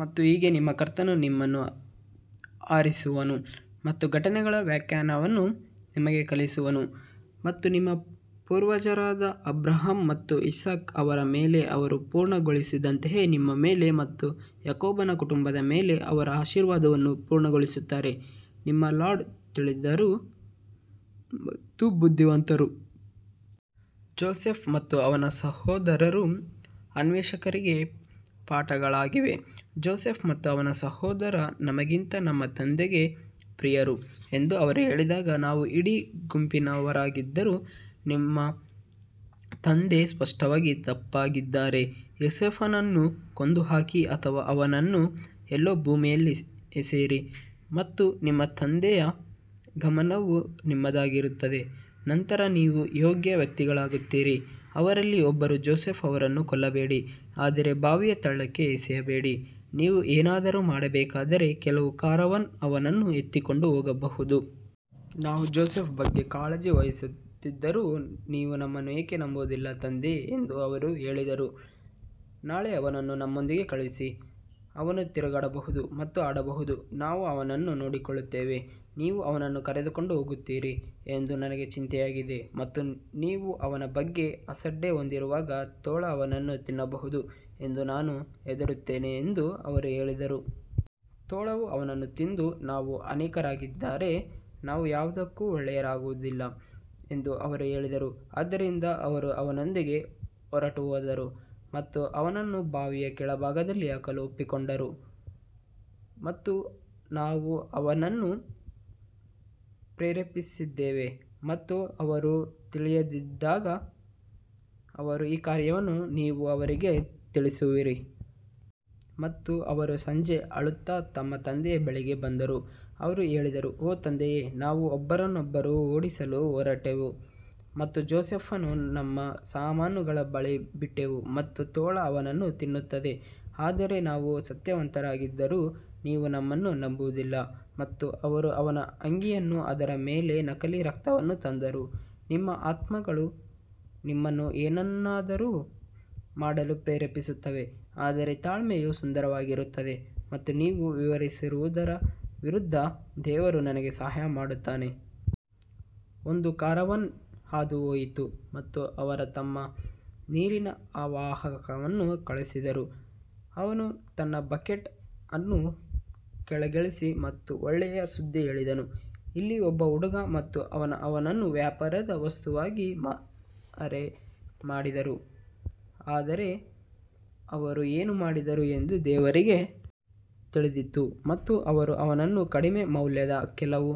ಮತ್ತು ಹೀಗೆ ನಿಮ್ಮ ಕರ್ತನು ನಿಮ್ಮನ್ನು ಆರಿಸುವನು ಮತ್ತು ಘಟನೆಗಳ ವ್ಯಾಖ್ಯಾನವನ್ನು ನಿಮಗೆ ಕಲಿಸುವನು ಮತ್ತು ನಿಮ್ಮ ಪೂರ್ವಜರಾದ ಅಬ್ರಹಾಂ ಮತ್ತು ಇಸಾಕ್ ಅವರ ಮೇಲೆ ಅವರು ಪೂರ್ಣಗೊಳಿಸಿದಂತೆಯೇ ನಿಮ್ಮ ಮೇಲೆ ಮತ್ತು ಯಾಕೋಬನ ಕುಟುಂಬದ ಮೇಲೆ ಅವರ ಆಶೀರ್ವಾದವನ್ನು ಪೂರ್ಣಗೊಳಿಸುತ್ತಾರೆ ನಿಮ್ಮ ಲಾರ್ಡ್ ತಿಳಿದಿರುವ ಮತ್ತು ಬುದ್ಧಿವಂತ. ಜೋಸೆಫ್ ಮತ್ತು ಅವನ ಸಹೋದರರು ಅನ್ವೇಷಕರಿಗೆ ಪಾಠಗಳಾಗಿವೆ ಜೋಸೆಫ್ ಮತ್ತು ಅವನ ಸಹೋದರ ನಮಗಿಂತ ನಮ್ಮ ತಂದೆಗೆ ಪ್ರಿಯರು ಎಂದು ಅವರು ಹೇಳಿದಾಗ, ನಾವು ಇಡೀ ಗುಂಪಿನವರಾಗಿದ್ದರೂ ನಮ್ಮ ತಂದೆ ಸ್ಪಷ್ಟವಾಗಿ ತಪ್ಪಾಗಿದ್ದಾರೆ ಯೋಸೇಫನನ್ನು ಕೊಂದುಹಾಕಿ ಅಥವಾ ಅವನನ್ನು ಎಲ್ಲೋ ಭೂಮಿಯಲ್ಲಿ ಎಸೆಯಿರಿ ಮತ್ತು ನಿಮ್ಮ ತಂದೆಯ ಗಮನವು ನಿಮ್ಮದಾಗಿರುತ್ತದೆ ನಂತರ ನೀವು ಯೋಗ್ಯ ವ್ಯಕ್ತಿಗಳಾಗುತ್ತೀರಿ ಅವರಲ್ಲಿ ಒಬ್ಬರು ಜೋಸೆಫ್ ಅವರನ್ನು ಕೊಲ್ಲಬೇಡಿ ಆದರೆ ಬಾವಿಯ ತಳಕ್ಕೆ ಎಸೆಯಬೇಡಿ, ನೀವು ಏನಾದರೂ ಮಾಡಬೇಕಾದರೆ ಕೆಲವು ಕಾರವಾನ್ ಅವನನ್ನು ಎತ್ತಿಕೊಂಡು ಹೋಗಬಹುದು. ನಾವು ಜೋಸೆಫ್ ಬಗ್ಗೆ ಕಾಳಜಿ ವಹಿಸುತ್ತಿದ್ದರೂ ನೀವು ನಮ್ಮನ್ನು ಏಕೆ ನಂಬುವುದಿಲ್ಲ ತಂದೆ ಎಂದು ಅವರು ಹೇಳಿದರು ನಾಳೆ ಅವನನ್ನು ನಮ್ಮೊಂದಿಗೆ ಕಳುಹಿಸಿ, ಅವನು ತಿರುಗಾಡಬಹುದು ಮತ್ತು ಆಡಬಹುದು, ನಾವು ಅವನನ್ನು ನೋಡಿಕೊಳ್ಳುತ್ತೇವೆ ನೀವು ಅವನನ್ನು ಕರೆದುಕೊಂಡು ಹೋಗುತ್ತೀರಿ ಎಂದು ನನಗೆ ಚಿಂತೆಯಾಗಿದೆ ಮತ್ತು ನೀವು ಅವನ ಬಗ್ಗೆ ಅಸಡ್ಡೆ ಹೊಂದಿರುವಾಗ ತೋಳ ಅವನನ್ನು ತಿನ್ನಬಹುದು ಎಂದು ನಾನು ಹೆದರುತ್ತೇನೆ ಎಂದು ಅವರು ಹೇಳಿದರು. ತೋಳವು ಅವನನ್ನು ತಿಂದು ನಾವು ಅನೇಕರಾಗಿದ್ದರೆ ನಾವು ಯಾವುದಕ್ಕೂ ಒಳ್ಳೆಯವರಾಗುವುದಿಲ್ಲ ಎಂದು ಅವರು ಹೇಳಿದರು ಆದ್ದರಿಂದ ಅವರು ಅವನೊಂದಿಗೆ ಹೊರಟುಹೋದರು ಮತ್ತು ಅವನನ್ನು ಬಾವಿಯ ಕೆಳಭಾಗದಲ್ಲಿ ಹಾಕಲು ಒಪ್ಪಿಕೊಂಡರು ಮತ್ತು ನಾವು ಅವನನ್ನು ಪ್ರೇರೇಪಿಸಿದ್ದೇವೆ ಮತ್ತು ಅವರು ತಿಳಿದಿಲ್ಲದಿದ್ದಾಗ ಅವರ ಈ ಕಾರ್ಯವನ್ನು ನೀವು ಅವರಿಗೆ ತಿಳಿಸುವಿರಿ. ಮತ್ತು ಅವರು ಸಂಜೆ ಅಳುತ್ತಾ ತಮ್ಮ ತಂದೆಯ ಬಳಿಗೆ ಬಂದರು ಅವರು ಹೇಳಿದರು ಓ ತಂದೆಯೇ ನಾವು ಒಬ್ಬರನ್ನೊಬ್ಬರು ಓಡಿಸಲು ಹೊರಟೆವು ಮತ್ತು ಜೋಸೆಫ್ನನ್ನು ನಮ್ಮ ಸಾಮಾನುಗಳ ಬಳಿ ಬಿಟ್ಟೆವು ಮತ್ತು ತೋಳ ಅವನನ್ನು ತಿನ್ನುತ್ತದೆ ಆದರೆ ನಾವು ಸತ್ಯವಂತರಾಗಿದ್ದರೂ ನೀವು ನಮ್ಮನ್ನು ನಂಬುವುದಿಲ್ಲ ಮತ್ತು ಅವರು ಅವನ ಅಂಗಿಯನ್ನು ಅದರ ಮೇಲೆ ನಕಲಿ ರಕ್ತವನ್ನು ತಂದರು, ನಿಮ್ಮ ಆತ್ಮಗಳು ನಿಮ್ಮನ್ನು ಏನನ್ನಾದರೂ ಮಾಡಲು ಪ್ರೇರೇಪಿಸುತ್ತವೆ ಆದರೆ ತಾಳ್ಮೆಯು ಸುಂದರವಾಗಿರುತ್ತದೆ ಮತ್ತು ನೀವು ವಿವರಿಸುವುದರ ವಿರುದ್ಧ ದೇವರು ನನಗೆ ಸಹಾಯ ಮಾಡುತ್ತಾನೆ. ಒಂದು ಕಾರವಾನ್ ಹಾದುಹೋಯಿತು ಮತ್ತು ಅವರು ತಮ್ಮ ನೀರಿನ ವಾಹಕವನ್ನು ಕಳುಹಿಸಿದರು, ಅವನು ತನ್ನ ಬಕೆಟ್ ಅನ್ನು ಕೆಳಗಿಳಿಸಿ ಮತ್ತು ಒಳ್ಳೆಯ ಸುದ್ದಿ ಹೇಳಿದನು ಇಲ್ಲಿ ಒಬ್ಬ ಹುಡುಗ ಮತ್ತು ಅವರು ಅವನನ್ನು ವ್ಯಾಪಾರದ ವಸ್ತುವಾಗಿ ಮರೆಮಾಡಿದರು ಆದರೆ ಅವರು ಏನು ಮಾಡಿದರು ಎಂದು ದೇವರಿಗೆ ತಿಳಿದಿತ್ತು ಮತ್ತು ಅವರು ಅವನನ್ನು ಕಡಿಮೆ ಮೌಲ್ಯದ ಕೆಲವು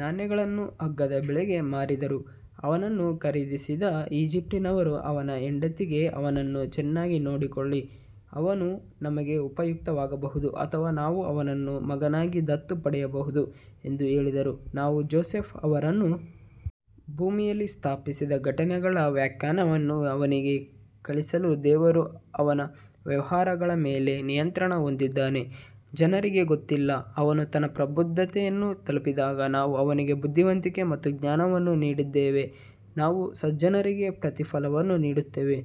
ನಾಣ್ಯಗಳನ್ನು ಅಗ್ಗದ ಬೆಲೆಗೆ ಮಾರಿದರು ಅವನನ್ನು ಖರೀದಿಸಿದ ಈಜಿಪ್ಟಿನವನು ಅವನ ಹೆಂಡತಿಗೆ ಅವನನ್ನು ಚೆನ್ನಾಗಿ ನೋಡಿಕೊಳ್ಳಿ ಅವನು ನಮಗೆ ಉಪಯುಕ್ತವಾಗಬಹುದು ಅಥವಾ ನಾವು ಅವನನ್ನು ಮಗನಾಗಿ ದತ್ತು ಪಡೆಯಬಹುದು ಎಂದು ಹೇಳಿದರು ನಾವು ಜೋಸೆಫ್ ಅವರನ್ನು ಭೂಮಿಯಲ್ಲಿ ಸ್ಥಾಪಿಸಿದ ಘಟನೆಗಳ ವ್ಯಾಖ್ಯಾನವನ್ನು ಅವನಿಗೆ ಕಲಿಸಲು ದೇವರು ಅವನ ವ್ಯವಹಾರಗಳ ಮೇಲೆ ನಿಯಂತ್ರಣ ಹೊಂದಿದ್ದಾನೆ ಜನರಿಗೆ ಗೊತ್ತಿಲ್ಲ ಅವನು ತನ್ನ ಪ್ರಬುದ್ಧತೆಯನ್ನು ತಲುಪಿದಾಗ ನಾವು ಅವನಿಗೆ ಬುದ್ಧಿವಂತಿಕೆ ಮತ್ತು ಜ್ಞಾನವನ್ನು ನೀಡಿದ್ದೇವೆ ನಾವು ಸಜ್ಜನರಿಗೆ ಪ್ರತಿಫಲವನ್ನು ನೀಡುತ್ತೇವೆ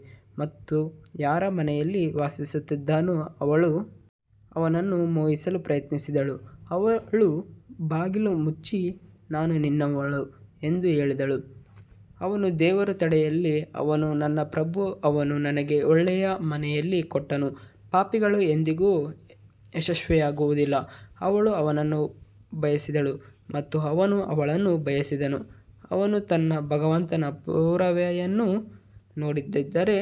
ಅವನು ಯಾರ ಮನೆಯಲ್ಲಿ ವಾಸಿಸುತ್ತಿದ್ದಾನೋ ಅವಳು ಅವನನ್ನು ಮೋಹಿಸಲು ಪ್ರಯತ್ನಿಸಿದಳು ಅವಳು ಬಾಗಿಲು ಮುಚ್ಚಿ ನಾನು ನಿನ್ನವಳು ಎಂದು ಹೇಳಿದಳು ಅವನು ದೇವರು ತಡೆಯಲಿ ಅವನು ನನ್ನ ಪ್ರಭು ಅವನು ನನಗೆ ಒಳ್ಳೆಯ ಮನೆಯನ್ನು ಕೊಟ್ಟನು ಪಾಪಿಗಳು ಎಂದಿಗೂ ಯಶಸ್ವಿಯಾಗುವುದಿಲ್ಲ ಅವಳು ಅವನನ್ನು ಬಯಸಿದಳು ಮತ್ತು ಅವನು ಅವಳನ್ನು ಬಯಸಿದನು ಅವನು ತನ್ನ ಭಗವಂತನ ಪುರಾವೆಯನ್ನು ನೋಡದಿದ್ದರೆ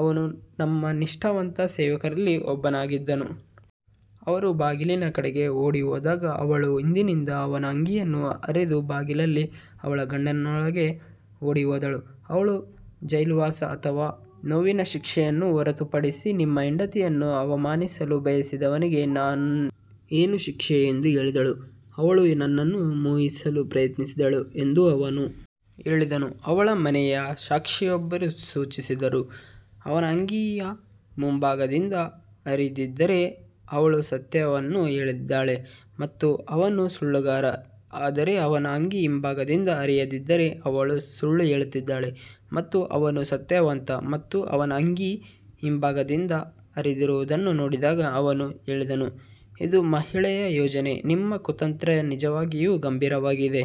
ಅವನು ನಮ್ಮ ನಿಷ್ಠಾವಂತ ಸೇವಕರಲ್ಲಿ ಒಬ್ಬನಾಗಿದ್ದನು. ಅವರು ಬಾಗಿಲಿನ ಕಡೆಗೆ ಓಡಿಹೋದಾಗ ಅವಳು ಹಿಂದಿನಿಂದ ಅವನ ಅಂಗಿಯನ್ನು ಹರಿದು ಬಾಗಿಲಲ್ಲಿ ಅವಳ ಗಂಡನೊಳಗೆ ಓಡಿಹೋದಳು ಅವಳು ಜೈಲುವಾಸ ಅಥವಾ ನೋವಿನ ಶಿಕ್ಷೆಯನ್ನು ಹೊರತುಪಡಿಸಿ ನಿಮ್ಮ ಹೆಂಡತಿಯನ್ನು ಅವಮಾನಿಸಲು ಬಯಸಿದವನಿಗೆ ಏನು ಶಿಕ್ಷೆ ಎಂದು ಹೇಳಿದಳು. ಅವಳು ನನ್ನನ್ನು ಮೋಹಿಸಲು ಪ್ರಯತ್ನಿಸಿದಳು ಎಂದು ಅವನು ಹೇಳಿದನು ಅವಳ ಮನೆಯ ಸಾಕ್ಷಿಯೊಬ್ಬರು ಸೂಚಿಸಿದರು ಅವನ ಅಂಗಿ ಮುಂಭಾಗದಿಂದ ಹರಿದಿದ್ದರೆ ಅವಳು ಸತ್ಯವನ್ನು ಹೇಳಿದ್ದಾಳೆ ಮತ್ತು ಅವನು ಸುಳ್ಳುಗಾರ ಆದರೆ ಅವನ ಅಂಗಿ ಹಿಂಭಾಗದಿಂದ ಹರಿದಿದ್ದರೆ ಅವಳು ಸುಳ್ಳು ಹೇಳಿದ್ದಾಳೆ ಮತ್ತು ಅವನು ಸತ್ಯವಂತ ಮತ್ತು ಅವನ ಅಂಗಿ ಹಿಂಭಾಗದಿಂದ ಹರಿದಿರುವುದನ್ನು ನೋಡಿದಾಗ ಅವನು ಹೇಳಿದನು ಇದು ಮಹಿಳೆಯ ಯೋಜನೆ ನಿಮ್ಮ ಕುತಂತ್ರ ನಿಜವಾಗಿಯೂ ಗಂಭೀರವಾಗಿದೆ.